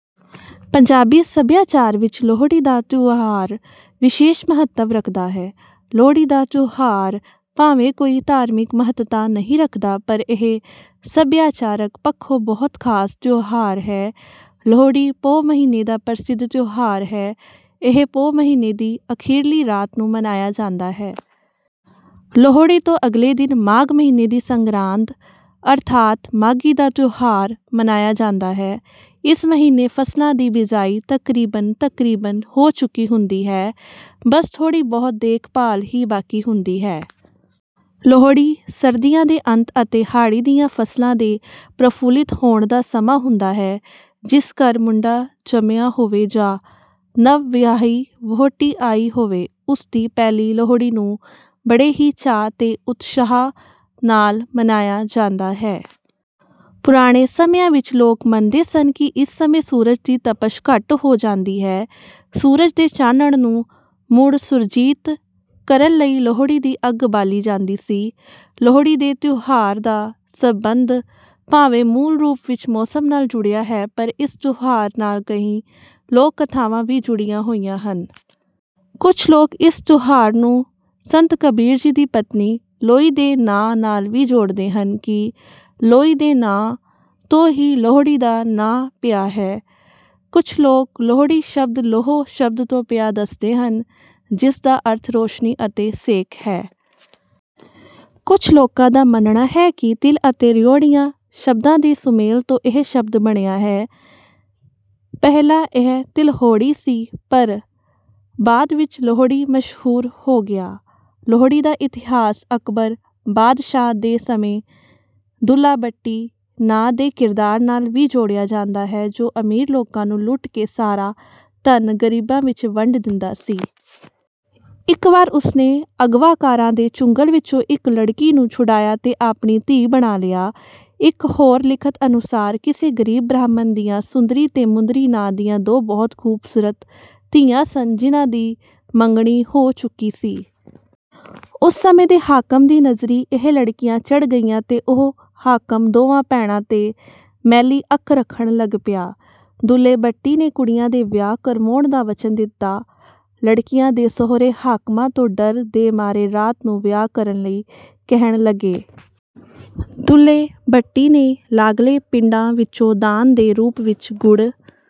ਪੰਜਾਬੀ ਸੱਭਿਆਚਾਰ ਵਿੱਚ ਲੋਹੜੀ ਦਾ ਤਿਉਹਾਰ ਵਿਸ਼ੇਸ਼ ਮਹੱਤਵ ਰੱਖਦਾ ਹੈ। ਲੋਹੜੀ ਦਾ ਤਿਉਹਾਰ ਭਾਵੇਂ ਕੋਈ ਧਾਰਮਿਕ ਮਹੱਤਤਾ ਨਹੀਂ ਰੱਖਦਾ, ਪਰ ਇਹ ਸੱਭਿਆਚਾਰਕ ਪੱਖੋਂ ਬਹੁਤ ਖ਼ਾਸ ਤਿਉਹਾਰ ਹੈ। ਲੋਹੜੀ ਪੋਹ ਮਹੀਨੇ ਦਾ ਪ੍ਰਸਿੱਧ ਤਿਉਹਾਰ ਹੈ, ਇਹ ਪੋਹ ਮਹੀਨੇ ਦੀ ਅਖੀਰਲੀ ਰਾਤ ਨੂੰ ਮਨਾਇਆ ਜਾਂਦਾ ਹੈ। ਲੋਹੜੀ ਤੋਂ ਅਗਲੇ ਦਿਨ ਮਾਘ ਮਹੀਨੇ ਦੀ ਸੰਗਰਾਂਦ, ਅਰਥਾਤ ਮਾਘੀ ਦਾ ਤਿਉਹਾਰ, ਮਨਾਇਆ ਜਾਂਦਾ ਹੈ। ਇਸ ਮਹੀਨੇ ਫ਼ਸਲਾਂ ਦੀ ਬਿਜਾਈ ਤਕਰੀਬਨ-ਤਕਰੀਬਨ ਹੋ ਚੁੱਕੀ ਹੁੰਦੀ ਹੈ, ਬੱਸ ਥੋੜ੍ਹੀ ਬਹੁਤ ਦੇਖ ਭਾਲ ਹੀ ਬਾਕੀ ਹੁੰਦੀ ਹੈ। ਲੋਹੜੀ ਸਰਦੀਆਂ ਦੇ ਅੰਤ ਅਤੇ ਹਾੜ੍ਹੀ ਦੀਆਂ ਫ਼ਸਲਾਂ ਦੇ ਪ੍ਰਫੁੱਲਿਤ ਹੋਣ ਦਾ ਸਮਾਂ ਹੁੰਦਾ ਹੈ। ਜਿਸ ਘਰ ਮੁੰਡਾ ਜੰਮਿਆ ਹੋਵੇ ਜਾਂ ਨਵਵਿਆਹੀ ਵਹੁਟੀ ਆਈ ਹੋਵੇ, ਉਸ ਦੀ ਪਹਿਲੀ ਲੋਹੜੀ ਨੂੰ ਬੜੇ ਹੀ ਚਾਅ ਤੇ ਉਤਸ਼ਾਹ ਨਾਲ ਮਨਾਇਆ ਜਾਂਦਾ ਹੈ। ਪੁਰਾਣੇ ਸਮਿਆਂ ਵਿੱਚ ਲੋਕ ਮੰਨਦੇ ਸਨ ਕਿ ਇਸ ਸਮੇਂ ਸੂਰਜ ਦੀ ਤਪਸ਼ ਘੱਟ ਹੋ ਜਾਂਦੀ ਹੈ। ਸੂਰਜ ਦੇ ਚਾਨਣ ਨੂੰ ਮੁੜ ਸੁਰਜੀਤ ਕਰਨ ਲਈ ਲੋਹੜੀ ਦੀ ਅੱਗ ਬਾਲੀ ਜਾਂਦੀ ਸੀ। ਲੋਹੜੀ ਦੇ ਤਿਉਹਾਰ ਦਾ ਸਬੰਧ ਭਾਵੇਂ ਮੂਲ ਰੂਪ ਵਿਚ ਮੌਸਮ ਨਾਲ ਜੁੜਿਆ ਹੈ, ਪਰ ਇਸ ਤਿਉਹਾਰ ਨਾਲ ਕਈ ਲੋਕ-ਕਥਾਵਾਂ ਵੀ ਜੁੜੀਆਂ ਹੋਈਆਂ ਹਨ। ਕੁਝ ਲੋਕ ਇਸ ਤਿਉਹਾਰ ਨੂੰ ਸੰਤ ਕਬੀਰ ਜੀ ਦੀ ਪਤਨੀ 'ਲੋਈ' ਦੇ ਨਾਂਅ ਨਾਲ ਵੀ ਜੋੜਦੇ ਹਨ ਕਿ 'ਲੋਈ' ਦੇ ਨਾਂਅ ਤੋਂ ਹੀ 'ਲੋਹੜੀ' ਦਾ ਨਾਂਅ ਪਿਆ ਹੈ। ਕੁਝ ਲੋਕ ਲੋਹੜੀ ਸ਼ਬਦ 'ਲੋਹ' ਸ਼ਬਦ ਤੋਂ ਪਿਆ ਦੱਸਦੇ ਹਨ, ਜਿਸ ਦਾ ਅਰਥ ਰੌਸ਼ਨੀ ਅਤੇ ਸੇਕ ਹੈ। ਕੁਝ ਲੋਕਾਂ ਦਾ ਮੰਨਣਾ ਹੈ ਕਿ ਤਿਲ ਅਤੇ ਰਿਉੜੀਆਂ ਸ਼ਬਦਾਂ ਦੇ ਸੁਮੇਲ ਤੋਂ ਇਹ ਸ਼ਬਦ ਬਣਿਆ ਹੈ, ਪਹਿਲਾਂ ਇਹ 'ਤਿਲੋਹੜੀ' ਸੀ, ਪਰ ਬਾਅਦ ਵਿੱਚ 'ਲੋਹੜੀ' ਮਸ਼ਹੂਰ ਹੋ ਗਿਆ। ਲੋਹੜੀ ਦਾ ਇਤਿਹਾਸ ਅਕਬਰ ਬਾਦਸ਼ਾਹ ਦੇ ਸਮੇਂ 'ਦੁੱਲਾ ਭੱਟੀ' ਨਾਂਅ ਦੇ ਕਿਰਦਾਰ ਨਾਲ ਵੀ ਜੋੜਿਆ ਜਾਂਦਾ ਹੈ, ਜੋ ਅਮੀਰ ਲੋਕਾਂ ਨੂੰ ਲੁੱਟ ਕੇ ਸਾਰਾ ਧਨ ਗ਼ਰੀਬਾਂ ਵਿੱਚ ਵੰਡ ਦਿੰਦਾ ਸੀ। ਇੱਕ ਵਾਰ ਉਸ ਨੇ ਅਗਵਾਕਾਰਾਂ ਦੇ ਚੁੰਗਲ ਵਿਚੋਂ ਇੱਕ ਲੜਕੀ ਨੂੰ ਛੁਡਾਇਆ ਤੇ ਆਪਣੀ ਧੀ ਬਣਾ ਲਿਆ। ਇੱਕ ਹੋਰ ਲਿਖਤ ਅਨੁਸਾਰ ਕਿਸੇ ਗ਼ਰੀਬ ਬ੍ਰਾਹਮਣ ਦੀਆਂ ਸੁੰਦਰੀ ਤੇ ਮੁੰਦਰੀ ਨਾਂਅ ਦੀਆਂ ਦੋ ਬਹੁਤ ਖੂਬਸੂਰਤ ਧੀਆਂ ਸਨ, ਜਿਨ੍ਹਾਂ ਦੀ ਮੰਗਣੀ ਹੋ ਚੁੱਕੀ ਸੀ। ਉਸ ਸਮੇਂ ਦੇ ਹਾਕਮ ਦੀ ਨਜ਼ਰੀ ਇਹ ਲੜਕੀਆਂ ਚੜ੍ਹ ਗਈਆਂ ਤੇ ਉਹ ਹਾਕਮ ਦੋਵਾਂ ਭੈਣਾਂ ਤੇ ਮੈਲੀ ਅੱਖ ਰੱਖਣ ਲੱਗ ਪਿਆ। ਦੁੱਲੇ ਭੱਟੀ ਨੇ ਕੁੜੀਆਂ ਦੇ ਵਿਆਹ ਕਰਵਾਉਣ ਦਾ ਵਚਨ ਦਿੱਤਾ। ਲੜਕੀਆਂ ਦੇ ਸਹੁਰੇ ਹਾਕਮਾਂ ਤੋਂ ਡਰ ਦੇ ਮਾਰੇ ਰਾਤ ਨੂੰ ਵਿਆਹ ਕਰਨ ਲਈ ਕਹਿਣ ਲੱਗੇ। ਦੁੱਲੇ ਭੱਟੀ ਨੇ ਲਾਗਲੇ ਪਿੰਡਾਂ ਵਿਚੋਂ ਦਾਨ ਦੇ ਰੂਪ ਵਿੱਚ ਗੁੜ